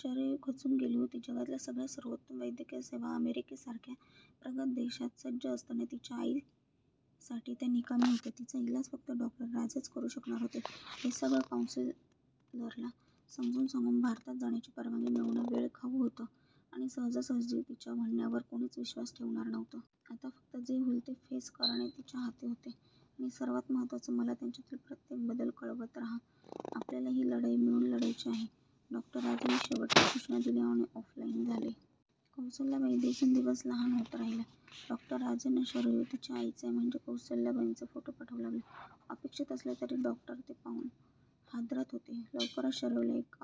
शरयू खचून गेली होती. जगातल्या सगळ्या, सर्वोत्तम वैद्यकीय सेवा अमेरिकेसारख्या प्रगत देशात सज्ज असताना, तिच्या आई साठी त्या निकामी होत्या! तिचा इलाज फक्त डॉ. राजेच करू शकणार होते. हे सगळं कॉऊंसिलरला समजावून सांगून भारतात जाण्याची परवानगी मिळवणं वेळ खाऊ होत आणि सहजासहजी तिच्या म्हणण्यावर कोणीच विश्वास ठेवणार नव्हतं. आता फक्त जे होईल ते फेस करणे तिच्या हाती होते आणि सर्वात महत्वाचं, मला त्यांच्यातील प्रत्येक बदल कळवत रहा! आपल्याला हि लढाई मिळून लढायची आहे! डॉ. राजेनी शेवटची सूचना दिली आणि ऑफ लाईन झाले. कौसल्याबाई दिवसेंदिवस लहान होत राहिल्या! डॉ. राजेंना, शरयू तिच्या आईचे म्हणजे कौसल्याबाईंचे फोटो पाठवू लागली. अपेक्षित असले तरी डॉक्टर ते पाहून हादरत होते. लवकरच शरयूला एक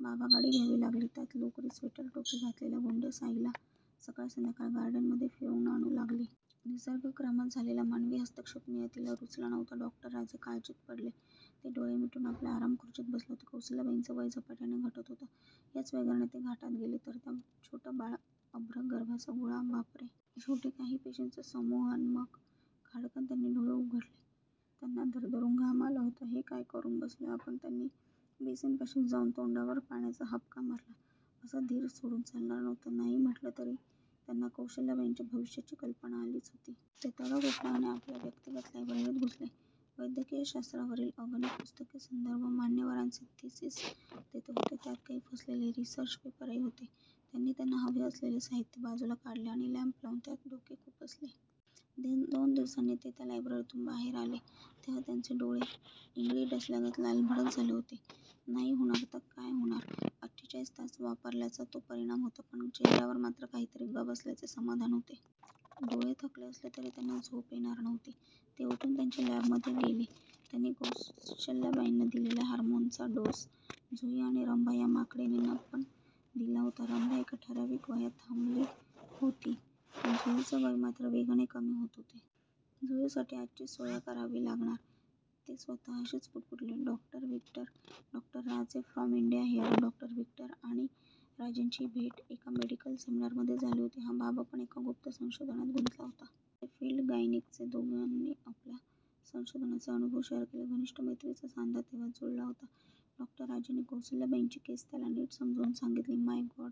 बाबागाडी घ्यावी लागली! त्यात लोकरी स्वेटर- टोपी घातलेल्या गोंडस 'आईला', सकाळ संध्याकाळ गार्डनमध्ये फिरवून आणू लागली! निसर्गक्रमात झालेला मानवी हस्तक्षेप नियतीला रुचला नव्हता! डॉक्टर राजे काळजीत पडले. ते डोळे मिटून आपल्या आरामखुर्चीत बसले होते. कौसल्याबाईंचं वय झपाट्याने घटत होत. याच वेगाने ते घाटात गेले तर? त्या छोटं बाळ अभ्रक गर्भाचा गोळा बापरे! शेवटी काही पेशींचा समूह अन मग! खाड्कन त्यांनी डोळे उघडले! त्यांना दरदरून घाम आला होता! हे काय करून बसलोय आपण? त्यांनी बेसिनपाशी जाऊन तोंडावर पाण्याचा हबका मारला. असं धीर सोडून चालणार नव्हतं. नाही म्हटलंतरी त्यांना कौशल्याबाईंच्या भविष्याची कल्पना आलीच होती. ते तडक उठले आणि आपल्या व्यक्तिगत लायब्ररीत घुसले. वैद्यकीय शास्त्रावरील अगणित पुस्तके, संदर्भ, मान्यवरांचे थिसीस तेथे होते. त्यात काही फसलेले रिसर्च पेपरही होते. त्यांनी त्यांना हवे असलेले साहित्य बाजूला काढले आणि लॅम्प लावून त्यात डोके खुपसले. दोन दिवसांनी ते त्या लायब्ररीतुन बाहेर आले तेव्हा त्यांचे डोळे, इंगळी डसल्यागत लालभडक झाले होते. नाही होणार तर काय होणार? अठ्ठेचाळीस तास वापरल्याचा तो परिणाम होता. पण चेहऱ्यावर मात्र काहीतरी गवसल्याचे समाधान होते! डोळे थकले असले तरी त्यांना झोप येणार नव्हती. ते उठून त्यांच्या लॅब मध्ये गेले. त्यांनी कौशल्याबाईंना दिलेल्या हार्मोनचा डोस 'जुही' आणि 'रंभा' या माकडिणींना पण दिला होता. रंभा एका ठराविक वयात थांबली होती, पण जुहीचे वय मात्र वेगाने कमी होत होते. 'जुही साठी, आज ची सोया करावी लागणार.' ते स्वतःशीच पुटपुटले. "Doctor Victor? " "Doctor Raje from India here! " डॉ व्हिक्टर आणि राजेंची भेट एका मेडिकल सेमिनार मध्ये झाली होती. हा बाबा पण एका गुप्त संशोधनात गुंतला होता. याचे फिल्ड गायनीकचे. दोघांनी आपल्या संशोधनाचे अनुभव शेयर केले. घनिष्ट मैत्रीचा सांधा तेव्हाच जुळला होता. डॉ. राजेंनी कौसल्याबाईंची केस त्याला नीट समजावून सांगितली. My God!